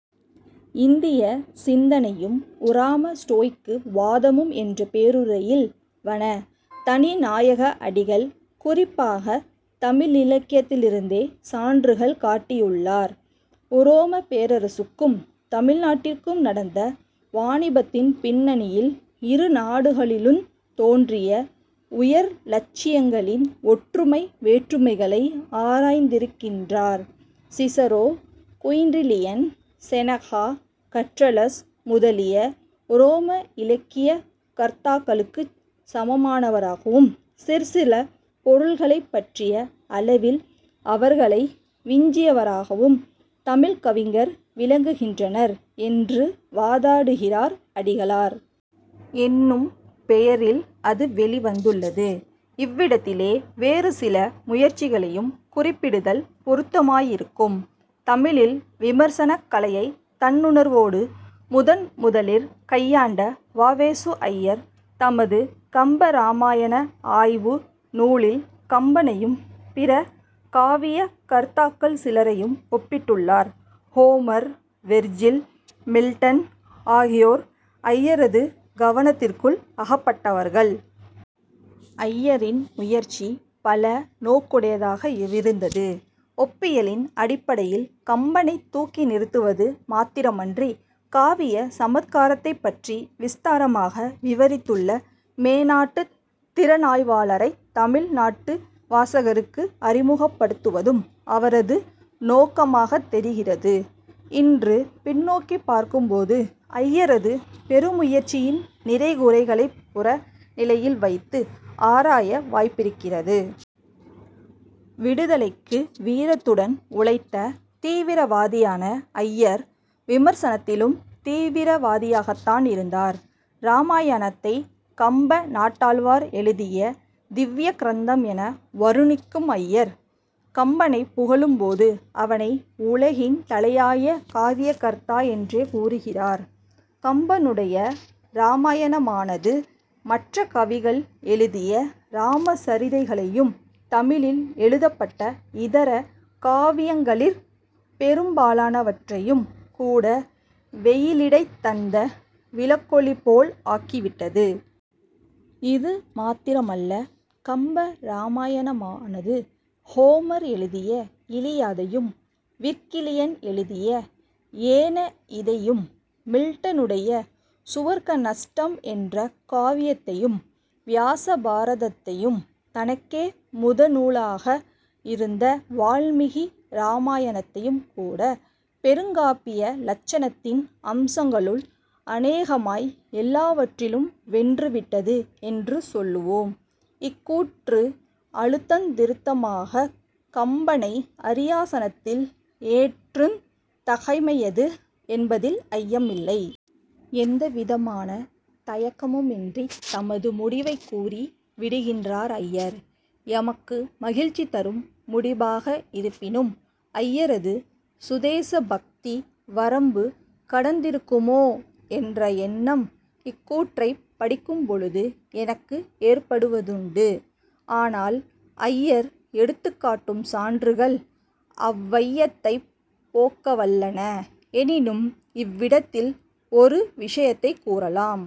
இந்திய சிந்தனையும் உராம ஸ்டோய்க்கு வாதமும் என்ற பேருரையில் வண. தனிநாயக அடிகள், குறிப்பாகத் தமிழிலக்கியத்திலிருந்தே சான்றுகள் காட்டியுள்ளார். உரோமப் பேரரசுக்கும் தமிழ் நாட்டிற்கும் நடந்த வாணிபத்தின் பின்னணியில் இரு நாடுகளிலுந் தோன்றிய உயர் இலட்சியங்களின் ஒற்றுமை வேற்றுமைகளை ஆராய்ந்திருக்கின்றார். சிஸரோ, குயின்றிலியன், செனெகா, கற்றலஸ் முதலிய உரோம இலக்கிய கர்த்தாக்களுக்குச் சமமானவராகவும், சிற்சில பொருள்களைப் பற்றிய அளவில் அவர்களை விஞ்சியவராகவும் தமிழ்க் கவிஞர் விளங்குகின்றனர் என்று வாதாடுகிறார் அடிகளார். என்னும் பெயாில் அது வௌிவந்துள்ளது. இவ்விடத்திலே வேறு சில முயற்சிகளையும் குறிப்பிடுதல் பொருத்தமாயிருக்கும். தமிழில் விமர்சனக் கலையைத் தன்னுணர்வோடு முதன் முதலிற் கையாண்ட வ. வே. சு. ஐயர் தமது கம்பராமாயண ஆய்வு நூலில், கம்பனையும் பிற காவிய கர்த்தாக்கள் சிலரையும் ஒப்பிட்டுள்ளார். ஹோமர், வெர்ஜில், மில்டன் ஆகியோர் ஐயரது கவனத்திற்குள் அகப்பட்டவர்கள். ஐயாின் முயற்சி பல நோக்குடையதாக விருந்தது. ஒப்பியலின் அடிப்படையில் கம்பனைத் தூக்கி நிறுத்துவது மாத்திரமன்றி, 'காவிய சமத்காரத்தைப் பற்றி விஸ்தாரமாக விவாித்துள்ள' மேனாட்டுத் திறனாய்வாளரைத் தமிழ் நாட்டு வாசகருக்கு அறிமுகப்படுத்துவதும். அவரது நோக்கமாகத் தொிகிறது. இன்று பின்னோக்கிப் பார்க்கும் போது, ஐயரது பெருமுயற்சியின் நிறைகுறைகளைப் புற நிலையில் வைத்து ஆராய வாய்ப்பிருக்கிறது. விடுதலைக்கு வீரத்துடன் உழைத்த தீவிரவாதியான ஐயர் விமர்சனத்திலும் தீவிரவாதியாகத் தான் இருந்தார். இராமாயணத்தை, "கம்பநாட்டாழ்வார் எழுதிய திவ்ய கிரந்தம்" என வருணிக்கும் ஐயர், கம்பனைப் புகழும் போது அவனை உலகின் தலையாய காவியகர்த்தா என்றே கூறுகிறார். "கம்பனுடைய ராமாயணமானது மற்ற கவிகள் எழுதிய ராம சாிதைகளையும் தமிழில் எழுதப்பட்ட இதர காவியங்களிற் பெரும்பாலான வற்றையும் கூட 'வெயிலிடைத் தந்த விளக்கொளிபோல் ஆக்கிவிட்டது. இது மாத்திரமல்ல. கம்ப ராமாயணமானது ஹோமர் எழுதிய இலியாதையும், விர்க்கிலியன் எழுதிய ஏனயிதையும், மில்டனுடைய சுவர்க்க நஷ்டம் என்ற காவியத்தையும், வியாஸ பாரதத்தையும் தனக்கே முதனூலாக இருந்த வால்மீகி ராமாயணத்தையும் கூட, பெருங்காப்பிய லட்சணத்தின் அம்சங்களுள் அனேகமாய் எல்லாவற்றிலும் வென்றுவிட்டது என்று சொல்லுவோம். " இக்கூற்று அழுத்தந் திருத்தமாகக் கம்பனை அாியாசனத்தில் ஏற்றுந் தகைமையது என்பதில் ஐயமில்லை. எந்தவிதமான தயக்கமுமின்றித் தமது முடிவைக் கூறி விடுகின்றார் ஐயர். எமக்கு மகிழ்ச்சிதரும் முடிபாக இருப்பினும், ஐயரது சுதேச பக்தி வரம்பு கடந்திருக்குமோ என்ற எண்ணம் இக்கூற்றைப் படிக்கும்பொழுது எனக்கு ஏற்படுவதுண்டு. ஆனால், ஐயர் எடுத்துக்காட்டும் சான்றுகள் அவ்வையத்தைப் போக்கவல்லன. எனினும், இவ்விடத்தில் ஒரு விஷயத்தைக் கூறலாம்.